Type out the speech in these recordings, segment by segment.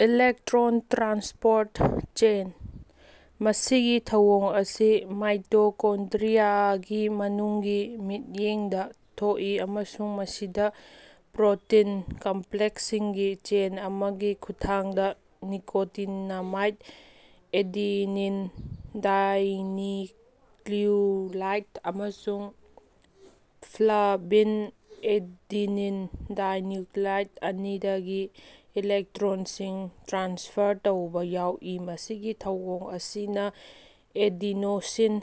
Electron transport chain: ꯃꯁꯤꯒꯤ ꯊꯧꯑꯣꯡ ꯑꯁꯤ ꯃꯥꯏꯇꯣꯀꯣꯟꯗ꯭ꯔꯤꯌꯥꯒꯤ ꯃꯅꯨꯡꯒꯤ ꯃꯤꯠꯌꯦꯡꯗ ꯊꯣꯛꯏ ꯑꯃꯁꯨꯡ ꯃꯁꯤꯗꯥ ꯄ꯭ꯔꯣꯇꯤꯟ ꯀꯝꯄ꯭ꯂꯦꯛꯁꯁꯤꯡꯒꯤ ꯆꯦꯟ ꯑꯃꯒꯤ ꯈꯨꯠꯊꯥꯡꯗ ꯅꯤꯀꯣꯇꯤꯅꯥꯃꯥꯏꯠ ꯑꯦꯗꯤꯅꯤꯟ ꯗꯥꯏꯅꯤꯀ꯭ꯂꯨꯇꯥꯏꯠ ꯑꯃꯁꯨꯡ ꯐ꯭ꯂꯥꯚꯤꯟ ꯑꯦꯗꯤꯅꯤꯟ ꯗꯥꯏꯅꯤꯀ꯭ꯂꯨꯇꯥꯏꯠ ꯑꯅꯤꯗꯒꯤ ꯏꯂꯦꯛꯇ꯭ꯔꯣꯟꯁꯤꯡ ꯇ꯭ꯔꯥꯟꯁꯐꯔ ꯇꯧꯕ ꯌꯥꯎꯏ꯫ ꯃꯁꯤꯒꯤ ꯊꯧꯑꯣꯡ ꯑꯁꯤꯅ ꯑꯦꯗꯤꯅꯣꯁꯤꯟ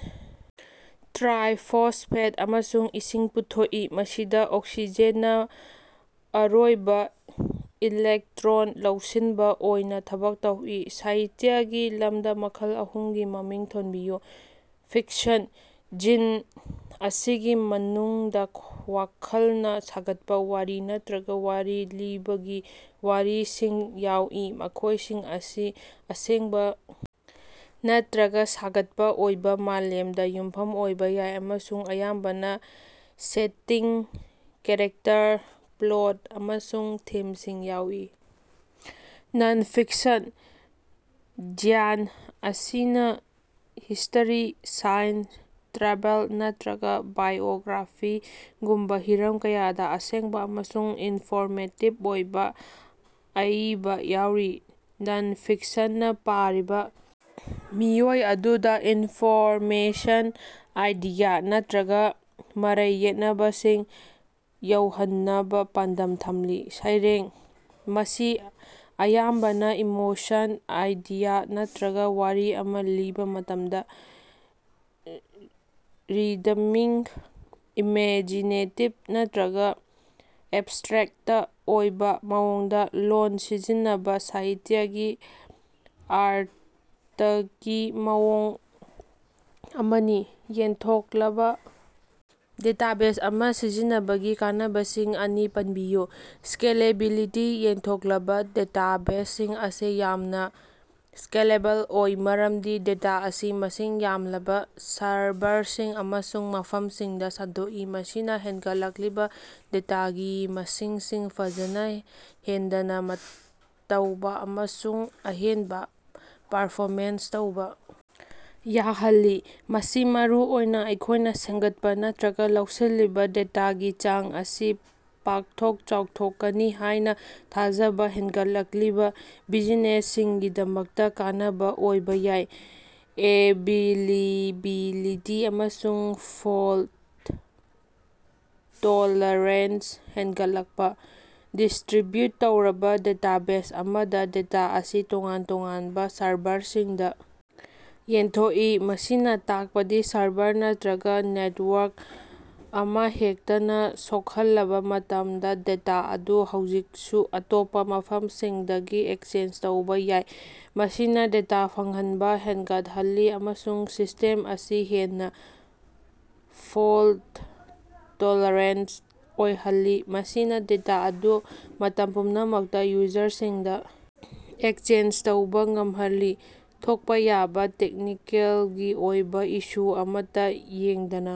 ꯇ꯭ꯔꯥꯏꯐꯣꯁꯐꯦꯠ ꯑꯃꯁꯨꯡ ꯏꯁꯤꯡ ꯄꯨꯊꯣꯛꯏ ꯃꯁꯤꯗ ꯑꯣꯛꯁꯤꯖꯦꯟꯅ ꯑꯔꯣꯏꯕꯥ ꯏꯂꯦꯛꯇ꯭ꯔꯣꯟ ꯂꯧꯁꯤꯟꯕ ꯑꯣꯏꯅ ꯊꯕꯛ ꯇꯧꯏ꯫ ꯁꯥꯍꯤꯇ꯭ꯌꯥꯒꯤ ꯂꯝꯗ ꯃꯈꯜ ꯑꯍꯨꯝꯒꯤ ꯃꯃꯤꯡ ꯊꯣꯟꯕꯤꯌꯨ꯫ ꯐꯤꯛꯁꯟ: ꯖꯤꯟ ꯑꯁꯤꯒꯤ ꯃꯅꯨꯡꯗ ꯋꯥꯈꯜꯅ ꯁꯥꯒꯠꯄ ꯋꯥꯔꯤ ꯅꯠꯇ꯭ꯔꯒ ꯋꯥꯔꯤ ꯂꯤꯕꯒꯤ ꯋꯥꯔꯤꯁꯤꯡ ꯌꯥꯎꯏ ꯃꯈꯣꯢꯁꯤꯡ ꯑꯁꯤ ꯑꯁꯦꯡꯕ ꯅꯠꯇ꯭ꯔꯒ ꯁꯥꯒꯠꯄ ꯑꯣꯏꯕ ꯃꯥꯂꯦꯝꯗ ꯌꯨꯝꯐꯝ ꯑꯣꯏꯕ ꯌꯥꯏ ꯑꯃꯁꯨꯡ ꯑꯌꯥꯝꯕꯅ ꯁꯦꯇꯤꯡ, ꯀꯦꯔꯦꯛꯇꯔ, ꯄ꯭ꯂꯣꯠ ꯑꯃꯁꯨꯡ ꯊꯤꯝꯁꯤꯡ ꯌꯥꯎꯏ꯫ ꯅꯟ-ꯐꯤꯛꯁꯟ: ꯖ꯭ꯌꯥꯟ ꯑꯁꯤꯅꯥ ꯍꯤꯁꯇꯔꯤ, ꯁꯥꯏꯟꯁ, ꯇ꯭ꯔꯥꯚꯦꯜ ꯅꯠꯇ꯭ꯔꯒ ꯕꯥꯏꯑꯣꯒ꯭ꯔꯥꯐꯤꯒꯨꯝꯕ ꯍꯤꯔꯝ ꯀꯌꯥꯗ ꯑꯁꯦꯡꯕ ꯑꯃꯁꯨꯡ ꯏꯟꯐꯣꯔꯃꯦꯇꯤꯕ ꯑꯣꯏꯕ ꯑꯏꯕ ꯌꯥꯎꯔꯤ꯫ ꯅꯟ-ꯐꯤꯛꯁꯟꯅ ꯄꯥꯔꯤꯕꯥ ꯃꯤꯑꯣꯏ ꯑꯗꯨꯗ ꯏꯟꯐꯣꯔꯃꯦꯁꯟ ꯑꯥꯏꯗꯤꯌꯥ ꯅꯠꯇ꯭ꯔꯒ ꯃꯔꯩ ꯌꯦꯠꯅꯕꯁꯤꯡ ꯌꯧꯍꯟꯅꯕ ꯄꯥꯟꯗꯝ ꯊꯝꯂꯤ꯫ ꯁꯩꯔꯦꯡ: ꯃꯁꯤ ꯑꯌꯥꯝꯕꯅ ꯏꯃꯣꯁꯟ, ꯑꯥꯏꯗꯤꯌꯥ ꯅꯠꯇ꯭ꯔꯒ ꯋꯥꯔꯤ ꯑꯃ ꯂꯤꯕꯥ ꯃꯇꯝꯗ ꯔꯤꯗꯃꯤꯛ, ꯏꯃꯦꯖꯤꯅꯦꯇꯤꯕ ꯅꯠꯇ꯭ꯔꯒ ꯑꯦꯕꯁꯇ꯭ꯔꯦꯛꯇ ꯑꯣꯏꯕꯥ ꯃꯑꯣꯡꯗ ꯂꯣꯜ ꯁꯤꯖꯤꯟꯅꯕ ꯁꯥꯍꯤꯇ꯭ꯌꯥꯒꯤ ꯑꯥꯔꯇꯀꯤ ꯃꯑꯣꯡ ꯑꯃꯅꯤ꯫ ꯌꯦꯟꯊꯣꯛꯂꯕ ꯗꯦꯇꯥꯕꯦꯖ ꯑꯃ ꯁꯤꯖꯤꯟꯅꯕꯒꯤ ꯀꯥꯟꯅꯕꯁꯤꯡ ꯑꯅꯤ ꯄꯟꯕꯤꯌꯨ꯫ ꯁ꯭ꯀꯦꯂꯦꯕꯤꯂꯤꯇꯤ: ꯌꯦꯟꯊꯣꯛꯂꯕ ꯗꯦꯇꯥꯕꯦꯖꯁꯤꯡ ꯑꯁꯤ ꯌꯥꯝꯅ ꯁ꯭ꯀꯦꯂꯦꯕꯜ ꯑꯣꯏ ꯃꯔꯝꯗꯤ ꯗꯦꯇꯥ ꯑꯁꯤ ꯃꯁꯤꯡ ꯌꯥꯝꯂꯕ ꯁꯔꯚꯔꯁꯤꯡ ꯑꯃꯁꯨꯡ ꯃꯐꯝꯁꯤꯡꯗ ꯁꯟꯗꯣꯛꯏ ꯃꯁꯤꯅ ꯍꯦꯟꯒꯠꯂꯛꯂꯤꯕ ꯗꯦꯇꯥꯒꯤ ꯃꯁꯤꯡꯁꯤꯡ ꯐꯖꯅ ꯍꯦꯟꯗꯅ ꯇꯧꯕ ꯑꯃꯁꯨꯡ ꯑꯍꯦꯟꯕ ꯄꯔꯐꯣꯃꯦꯟꯁ ꯇꯧꯕꯥ ꯌꯥꯍꯜꯂꯤ꯫ ꯃꯁꯤ ꯃꯔꯨꯑꯣꯏꯅ ꯃꯈꯣꯢꯅ ꯁꯦꯝꯒꯠꯄ ꯅꯠꯇ꯭ꯔꯒ ꯂꯧꯁꯤꯜꯂꯤꯕ ꯗꯦꯇꯥꯒꯤ ꯆꯥꯡ ꯑꯁꯤ ꯄꯥꯛꯊꯣꯛ ꯆꯥꯎꯊꯣꯛꯀꯅꯤ ꯍꯥꯢꯅ ꯊꯥꯖꯕ ꯍꯦꯟꯒꯠꯂꯛꯂꯤꯕ ꯕꯤꯖꯤꯅꯦꯁꯁꯤꯡꯒꯤꯗꯃꯛꯇ ꯀꯥꯟꯅꯕ ꯑꯣꯏꯕꯥ ꯌꯥꯏ꯫ ꯑꯦꯕꯤꯂꯤꯕꯤꯂꯤꯇꯤ ꯑꯃꯁꯨꯡ ꯐꯣꯜꯇ ꯇꯣꯂꯔꯦꯟꯁ ꯍꯦꯟꯒꯠꯂꯛꯄ: ꯗꯤꯁꯇ꯭ꯔꯤꯕ꯭ꯌꯨꯠ ꯇꯧꯔꯕ ꯗꯦꯇꯥꯕꯦꯖ ꯑꯃꯗ ꯗꯦꯇꯥ ꯑꯁꯤ ꯇꯣꯉꯥꯟ ꯇꯣꯉꯥꯟꯕ ꯁꯔꯚꯔꯁꯤꯡꯗ ꯌꯦꯟꯊꯣꯛꯏ ꯃꯁꯤꯅ ꯇꯥꯛꯄꯗꯤ ꯁꯔꯚꯔ ꯅꯠꯇ꯭ꯔꯒ ꯅꯦꯇꯋꯥꯔꯛ ꯑꯃꯍꯦꯛꯇꯅ ꯁꯣꯛꯍꯜꯂꯕ ꯃꯇꯝꯗ ꯗꯦꯇꯥ ꯑꯗꯨ ꯍꯧꯖꯤꯛꯁꯨ ꯑꯇꯣꯞꯄ ꯃꯐꯝꯁꯤꯡꯗꯒꯤ ꯑꯦꯛꯁꯦꯁ ꯇꯧꯕꯥ ꯌꯥꯏ꯫ ꯃꯁꯤꯅ ꯗꯦꯇꯥ ꯐꯪꯍꯟꯕꯥ ꯍꯦꯟꯒꯠꯍꯜꯂꯤ ꯑꯃꯁꯨꯡ ꯁꯤꯁꯇꯦꯝ ꯑꯁꯤ ꯍꯦꯟꯅ ꯐꯣꯜꯇ-ꯇꯣꯂꯦꯔꯦꯟꯇ ꯑꯣꯏꯍꯜꯂꯤ ꯃꯁꯤꯅ ꯗꯦꯇꯥ ꯑꯗꯨ ꯃꯇꯝ ꯄꯨꯝꯅꯃꯛꯇ ꯌꯨꯖꯔꯁꯤꯡꯗ ꯑꯦꯛꯁꯦꯁ ꯇꯧꯕꯥ ꯉꯝꯍꯜꯂꯤ ꯊꯣꯛꯄ ꯌꯥꯕ ꯇꯦꯛꯅꯤꯀꯦꯜꯒꯤ ꯑꯣꯏꯕ ꯏꯁꯨ ꯑꯃꯠꯇ ꯌꯦꯡꯗꯅ꯫